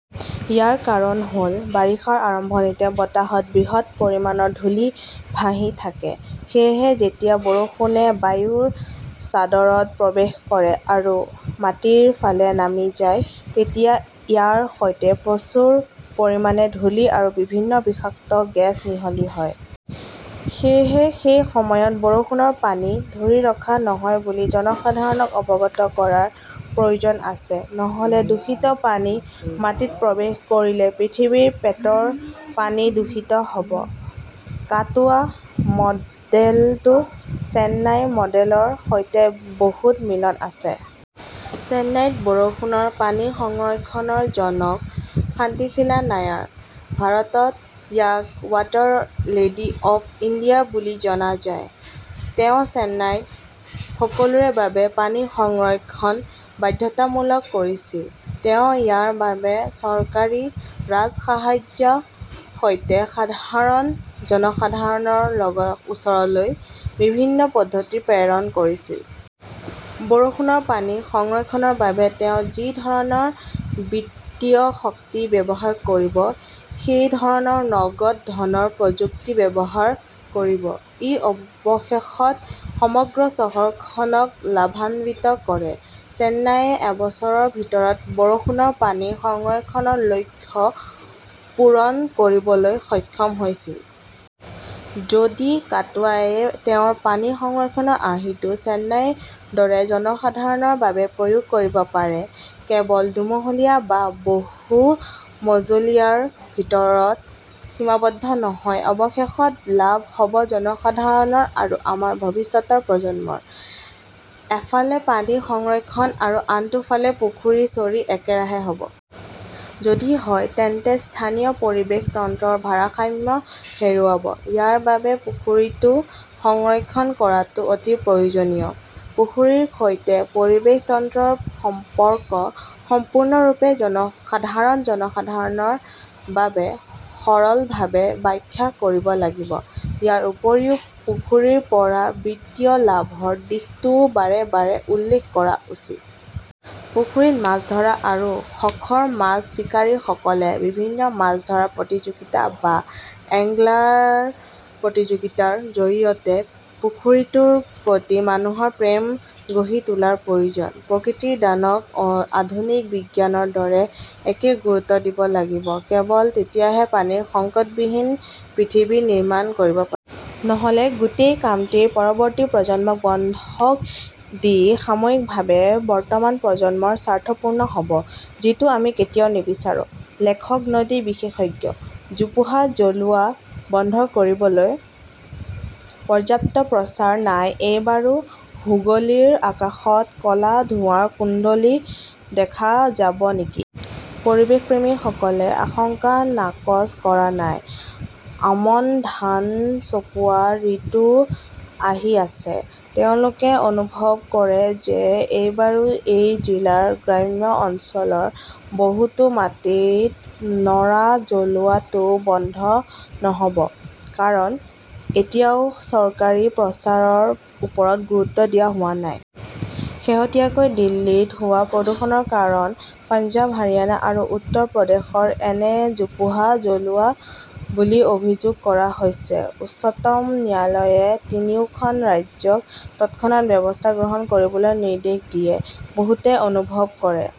ইয়াৰ কাৰণ হ'ল, বাৰিষাৰ আৰম্ভণিতে বতাহত বৃহৎ পৰিমাণৰ ধূলি ভাহি থাকে। সেয়েহে যেতিয়া বৰষুণে বায়ুৰ চাদৰত প্ৰৱেশ কৰে আৰু মাটিৰ ফালে নামি যায়, তেতিয়া ইয়াৰ সৈতে প্ৰচুৰ পৰিমাণে ধূলি আৰু বিভিন্ন বিষাক্ত গেছ মিহলি হয়। সেয়েহে সেই সময়ত বৰষুণৰ পানী ধৰি ৰখা নহয় বুলি জনসাধাৰণক অৱগত কৰাৰ প্ৰয়োজন আছে। নহ'লে দূষিত পানী মাটিত প্ৰৱেশ কৰিলে পৃথিৱীৰ পেটৰ পানী দূষিত হ'ব। কাটৱা মডেলটো চেন্নাই মডেলৰ সৈতে বহুত মিল আছে। চেন্নাইত বৰষুণৰ পানী সংৰক্ষণৰ জনক শান্তিশিলা নায়াৰ। ভাৰতত ইয়াক ৱাটাৰ লেডী অৱ ইণ্ডিয়া বুলি জনা যায়। তেওঁ চেন্নাইত সকলোৰে বাবে পানী সংৰক্ষণ বাধ্যতামূলক কৰিছিল। তেওঁ ইয়াৰ বাবে চৰকাৰী 'ৰাজসাহায্য"ৰ সৈতে সাধাৰণ জনসাধাৰণৰ ওচৰলৈ বিভিন্ন পদ্ধতি প্ৰেৰণ কৰিছিল। বৰষুণৰ পানী সংৰক্ষণৰ বাবে তেওঁ যি ধৰণৰ বিত্তীয় শক্তি ব্যৱহাৰ কৰিব, সেই ধৰণৰ নগদ ধনৰ প্ৰযুক্তি ব্যৱহাৰ কৰিব। ই অৱশেষত সমগ্ৰ চহৰখনক লাভান্বিত কৰে। চেন্নাইয়ে এবছৰৰ ভিতৰত বৰষুণৰ পানী সংৰক্ষণৰ লক্ষ্য পূৰণ কৰিবলৈ সক্ষম হৈছিল। যদি কাটৱাই তেওঁৰ পানী সংৰক্ষণৰ আৰ্হিটো চেন্নাইৰ দৰে জনসাধাৰণৰ বাবে প্ৰয়োগ কৰিব পাৰে, কেৱল দুমহলীয়া বা বহু-মজলীয়াৰ ভিতৰত সীমাবদ্ধ নহয়, অৱশেষত, লাভ হ'ব জনসাধাৰণৰ আৰু আমাৰ ভৱিষ্যতৰ প্ৰজন্মৰ। এফালে পানী সংৰক্ষণ আৰু আনটো ফালে, পুখুৰী চুৰি একেৰাহে হ'ব। যদি হয়, তেন্তে স্থানীয় পৰিৱেশ তন্ত্ৰৰ ভাৰসাম্য হেৰুৱাব। ইয়াৰ বাবে পুখুৰীটো সংৰক্ষণ কৰাটো অতি প্ৰয়োজনীয়। পুখুৰীৰ সৈতে পৰিৱেশ তন্ত্ৰৰ সম্পৰ্ক সম্পূৰ্ণৰূপে সাধাৰণ জনসাধাৰণৰ বাবে সৰলভাৱে ব্যাখ্যা কৰিব লাগিব। ইয়াৰ উপৰিও, পুখুৰীৰ পৰা বিত্তীয় লাভৰ দিশটোও বাৰে বাৰে উল্লেখ কৰা উচিত। পুখুৰীত মাছ ধৰা আৰু শখৰ মাছ চিকাৰীসকলে বিভিন্ন মাছ ধৰা প্ৰতিযোগিতা বা "এঙ্গলাৰ প্ৰতিযোগিতা"ৰ জৰিয়তে পুখুৰীটোৰ প্ৰতি মানুহৰ প্ৰেম গঢ়ি তোলাৰ প্ৰয়োজন। প্ৰকৃতিৰ দানক আধুনিক বিজ্ঞানৰ দৰে একে গুৰুত্ব দিব লাগিব। কেৱল তেতিয়াহে পানীৰ সংকটবিহীন পৃথিৱী নিৰ্মাণ কৰিব পাৰি। নহ'লে গোটেই কামটোৱেই পৰৱৰ্তী প্ৰজন্মক বন্ধক দি সাময়িকভাৱে বৰ্তমান প্ৰজন্মৰ স্বাৰ্থপূৰ্ণ হ'ব। যিটো আমি কেতিয়াও নিবিচাৰো। লেখক নদী বিশেষজ্ঞ। জোপোহা জ্বলোৱা বন্ধ কৰিবলৈ পৰ্যাপ্ত প্ৰচাৰ নাই এইবাৰো হুগলীৰ আকাশত ক'লা ধোঁৱাৰ কুণ্ডলী দেখা যাব নেকি? পৰিৱেশপ্ৰেমীসকলে আশংকা নাকচ কৰা নাই। আমন ধান চপোৱাৰ ঋতু আহি আছে। তেওঁলোকে অনুভৱ কৰে যে এইবাৰো এই জিলাৰ গ্ৰাম্য অঞ্চলৰ বহুতো মাটিত ন'ৰা জ্বলোৱাটো বন্ধ নহ'ব। কাৰণ, এতিয়াও চৰকাৰী প্ৰচাৰৰ ওপৰত গুৰুত্ব দিয়া হোৱা নাই। শেহতীয়াকৈ দিল্লীত হোৱা প্ৰদূষণৰ কাৰণ পঞ্জাৱ, হাৰিয়ানা আৰু উত্তৰ প্ৰদেশৰ এনে জোপোহা জ্বলোৱা বুলি অভিযোগ কৰা হৈছে। উচ্চতম ন্যায়ালয়ে তিনিওখন ৰাজ্যক তৎক্ষণাত ব্যৱস্থা গ্ৰহণ কৰিবলৈ নিৰ্দেশ দিয়ে। বহুতে অনুভৱ কৰে।